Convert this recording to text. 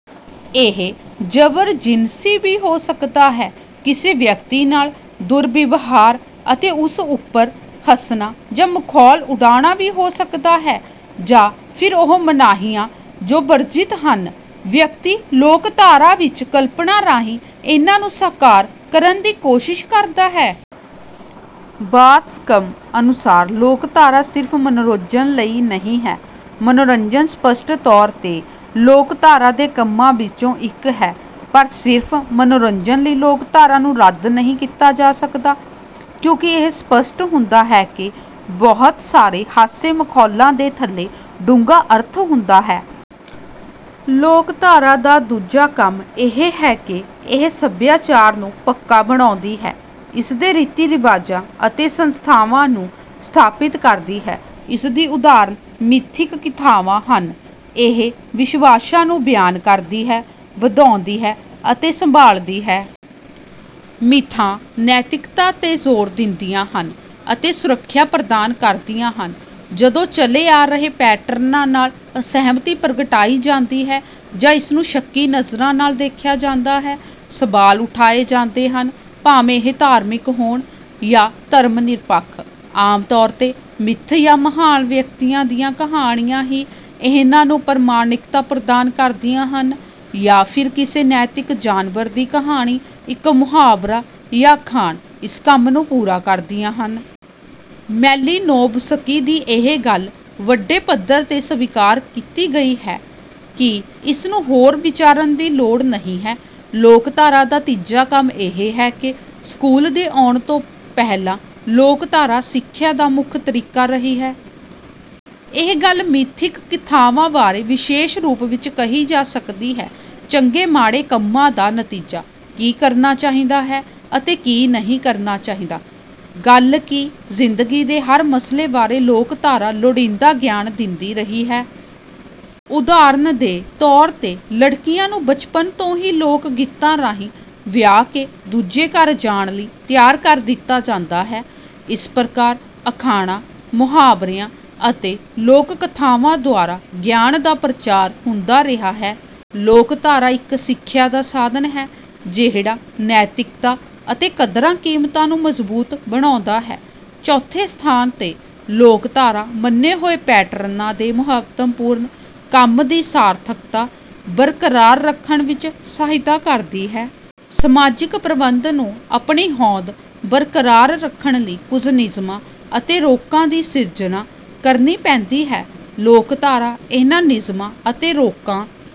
ਇਹ ਜ਼ਬਰ ਜਿਨਸੀ ਵੀ ਹੋ ਸਕਦਾ ਹੈ, ਕਿਸੇ ਵਿਅਕਤੀ ਨਾਲ ਦੁਰਵਿਵਹਾਰ ਅਤੇ ਉਸ ਉਪਰ ਹੱਸਣਾ ਜਾਂ ਮਖੌਲ ਉਡਾਉਣਾ ਵੀ ਹੋ ਸਕਦਾ ਹੈ, ਜਾਂ ਫਿਰ ਉਹ ਮਨਾਹੀਆਂ ਜੋ ਵਰਜਿਤ ਹਨ। ਵਿਅਕਤੀ ਲੋਕਧਾਰਾ ਵਿੱਚ ਕਲਪਨਾ ਰਾਹੀਂ ਇਹਨਾਂ ਨੂੰ ਸਾਕਾਰ ਕਰਨ ਦੀ ਕੋਸ਼ਿਸ਼ ਕਰਦਾ ਹੈ। ਬਾਸਕਮ ਅਨੁਸਾਰ ਲੋਕਧਾਰਾ ਸਿਰਫ ਮਨੋਰੰਜਨ ਲਈ ਨਹੀਂ ਹੈ। ਮਨੋਰੰਜਨ ਸਪੱਸ਼ਟ ਤੌਰ ਤੇ ਲੋਕਧਾਰਾ ਦੇ ਕੰਮਾਂ ਵਿੱਚੋਂ ਇੱਕ ਹੈ ਪਰ ਸਿਰਫ ਮਨੋਰੰਜਨ ਲਈ ਲੋਕਧਾਰਾ ਨੂੰ ਰੱਦ ਨਹੀਂ ਕੀਤਾ ਜਾ ਸਕਦਾ। ਕਿਉਂਕਿ ਇਹ ਸਪੱਸ਼ਟ ਹੁੰਦਾ ਹੈ ਕਿ ਬਹੁਤ ਸਾਰੇ ਹਾਸੇ ਮਖੌਲਾਂ ਦੇ ਥੱਲੇ ਡੂੰਘਾ ਅਰਥ ਹੁੰਦਾ ਹੈ। ਲੋਕਧਾਰਾ ਦਾ ਦੂਜਾ ਕੰਮ ਇਹ ਹੈ ਕਿ ਇਹ ਸਭਿਆਚਾਰ ਨੂੰ ਪੱਕਾ ਬਣਾਉਂਦੀ ਹੈ, ਇਸਦੇ ਰੀਤੀ ਰਿਵਾਜਾਂ ਅਤੇ ਸੰਸਥਾਵਾਂ ਨੂੰ ਸਥਾਪਿਤ ਕਰਦੀ ਹੈ। ਇਸਦੀ ਉਦਾਹਰਣ ਮਿਥਿਕ ਕਥਾਵਾਂ ਹਨ। ਇਹ ਵਿਸ਼ਵਾਸਾਂ ਨੂੰ ਬਿਆਨ ਕਰਦੀ ਹੈ, ਵਧਾਉਂਦੀ ਹੈ ਅਤੇ ਸੰਭਾਲਦੀ ਹੈ। ਮਿਥਾਂ ਨੈਤਿਕਤਾ ਤੇ ਜ਼ੋਰ ਦਿੰਦੀਆਂ ਹਨ ਅਤੇ ਸੁਰੱਖਿਆ ਪ੍ਰਦਾਨ ਕਰਦੀਆਂ ਹਨ। ਜਦੋਂ ਚਲੇ ਆ ਰਹੇ ਪੈਟਰਨਾਂ ਨਾਲ ਅਸਹਿਮਤੀ ਪ੍ਰਗਟਾਈ ਜਾਂਦੀ ਹੈ ਜਾਂ ਇਸਨੂੰ ਸ਼ੱਕੀ ਨਜ਼ਰਾਂ ਨਾਲ ਦੇਖਿਆ ਜਾਂਦਾ ਹੈ, ਸਵਾਲ ਉਠਾਏ ਜਾਂਦੇ ਹਨ, ਭਾਵੇਂ ਇਹ ਧਾਰਮਿਕ ਹੋਣ ਜਾਂ ਧਰਮ ਨਿਰਪੱਖ, ਆਮ ਤੌਰ ਤੇ ਮਿੱਥ ਜਾਂ ਮਹਾਨ ਵਿਅਕਤੀਆਂ ਦੀਆਂ ਕਹਾਣੀਆਂ ਹੀ ਇਹਨਾਂ ਨੂੰ ਪ੍ਰਮਾਣਿਕਤਾ ਪ੍ਰਦਾਨ ਕਰਦੀਆਂ ਹਨ ਜਾਂ ਫਿਰ ਕਿਸੇ ਨੈਤਿਕ ਜਾਨਵਰ ਦੀ ਕਹਾਣੀ, ਇੱਕ ਮੁਹਾਵਰਾ ਜਾਂ ਅਖਾਣ, ਇਸ ਕੰਮ ਨੂੰ ਪੂਰਾ ਕਰਦੀਆਂ ਹਨ। ਮੈਲੀਨੋਵਸਕੀ ਦੀ ਇਹ ਗੱਲ ਵੱਡੇ ਪੱਧਰ ਤੇ ਸਵੀਕਾਰ ਕੀਤੀ ਗਈ ਹੈ ਕਿ ਇਸਨੂੰ ਹੋਰ ਵਿਚਾਰਨ ਦੀ ਲੋੜ ਨਹੀਂ ਹੈ। ਲੋਕਧਾਰਾ ਦਾ ਤੀਜਾ ਕੰਮ ਇਹ ਹੈ ਕਿ ਸਕੂਲ ਦੇ ਆਉਣ ਤੋਂ ਪਹਿਲਾਂ, ਲੋਕਧਾਰਾ ਸਿੱਖਿਆ ਦਾ ਮੁੱਖ ਤਰੀਕਾ ਰਹੀ ਹੈ। ਇਹ ਗੱਲ ਮਿਥਿਕ ਕਥਾਵਾਂ ਬਾਰੇ ਵਿਸ਼ੇਸ਼ ਰੂਪ ਵਿੱਚ ਕਹੀ ਜਾ ਸਕਦੀ ਹੈ। ਚੰਗੇ ਮਾੜੇ ਕੰਮਾਂ ਦਾ ਨਤੀਜਾ, ਕੀ ਕਰਨਾ ਚਾਹੀਦਾ ਹੈ ਅਤੇ ਕੀ ਨਹੀਂ ਕਰਨਾ ਚਾਹੀਦਾ। ਗੱਲ ਕੀ ਜ਼ਿੰਦਗੀ ਦੇ ਹਰ ਮਸਲੇ ਬਾਰੇ ਲੋਕਧਾਰਾ ਲੋੜੀਂਦਾ ਗਿਆਨ ਦਿੰਦੀ ਰਹੀ ਹੈ। ਉਦਾਹਰਣ ਦੇ ਤੌਰ ਤੇ ਲੜਕੀਆਂ ਨੂੰ ਬਚਪਨ ਤੋਂ ਹੀ ਲੋਕ ਗੀਤਾਂ ਰਾਹੀਂ ਵਿਆਹ ਕੇ ਦੂਜੇ ਘਰ ਜਾਣ ਲਈ ਤਿਆਰ ਕਰ ਦਿੱਤਾ ਜਾਂਦਾ ਹੈ। ਇਸ ਪ੍ਰਕਾਰ ਅਖਾਣਾਂ, ਮੁਹਾਵਰਿਆਂ ਅਤੇ ਲੋਕ ਕਥਾਵਾਂ ਦੁਆਰਾ ਗਿਆਨ ਦਾ ਪ੍ਰਚਾਰ ਹੁੰਦਾ ਰਿਹਾ ਹੈ। ਲੋਕਧਾਰਾ ਇੱਕ ਸਿੱਖਿਆ ਦਾ ਸਾਧਨ ਹੈ ਜਿਹੜਾ ਨੈਤਿਕਤਾ ਅਤੇ ਕਦਰਾਂ ਕੀਮਤਾਂ ਨੂੰ ਮਜ਼ਬੂਤ ਬਣਾਉਂਦਾ ਹੈ। ਚੌਥੇ ਸਥਾਨ ਤੇ ਲੋਕਧਾਰਾ ਮੰਨੇ ਹੋਏ ਪੈਟਰਨਾਂ ਦੇ ਮਹੱਤਵਪੂਰਨ ਕੰਮ ਦੀ ਸਾਰਥਕਤਾ ਬਰਕਰਾਰ ਰੱਖਣ ਵਿੱਚ ਸਹਾਇਤਾ ਕਰਦੀ ਹੈ। ਸਮਾਜਿਕ ਪ੍ਰਬੰਧ ਨੂੰ ਆਪਣੀ ਹੋਂਦ ਬਰਕਰਾਰ ਰੱਖਣ ਲਈ ਕੁਝ ਨਿਯਮਾਂ ਅਤੇ ਰੋਕਾਂ ਦੀ ਸਿਰਜਣਾ ਕਰਨੀ ਪੈਂਦੀ ਹੈ। ਲੋਕਧਾਰਾ ਇਹਨਾਂ ਨਿਯਮਾਂ ਅਤੇ ਰੋਕਾਂ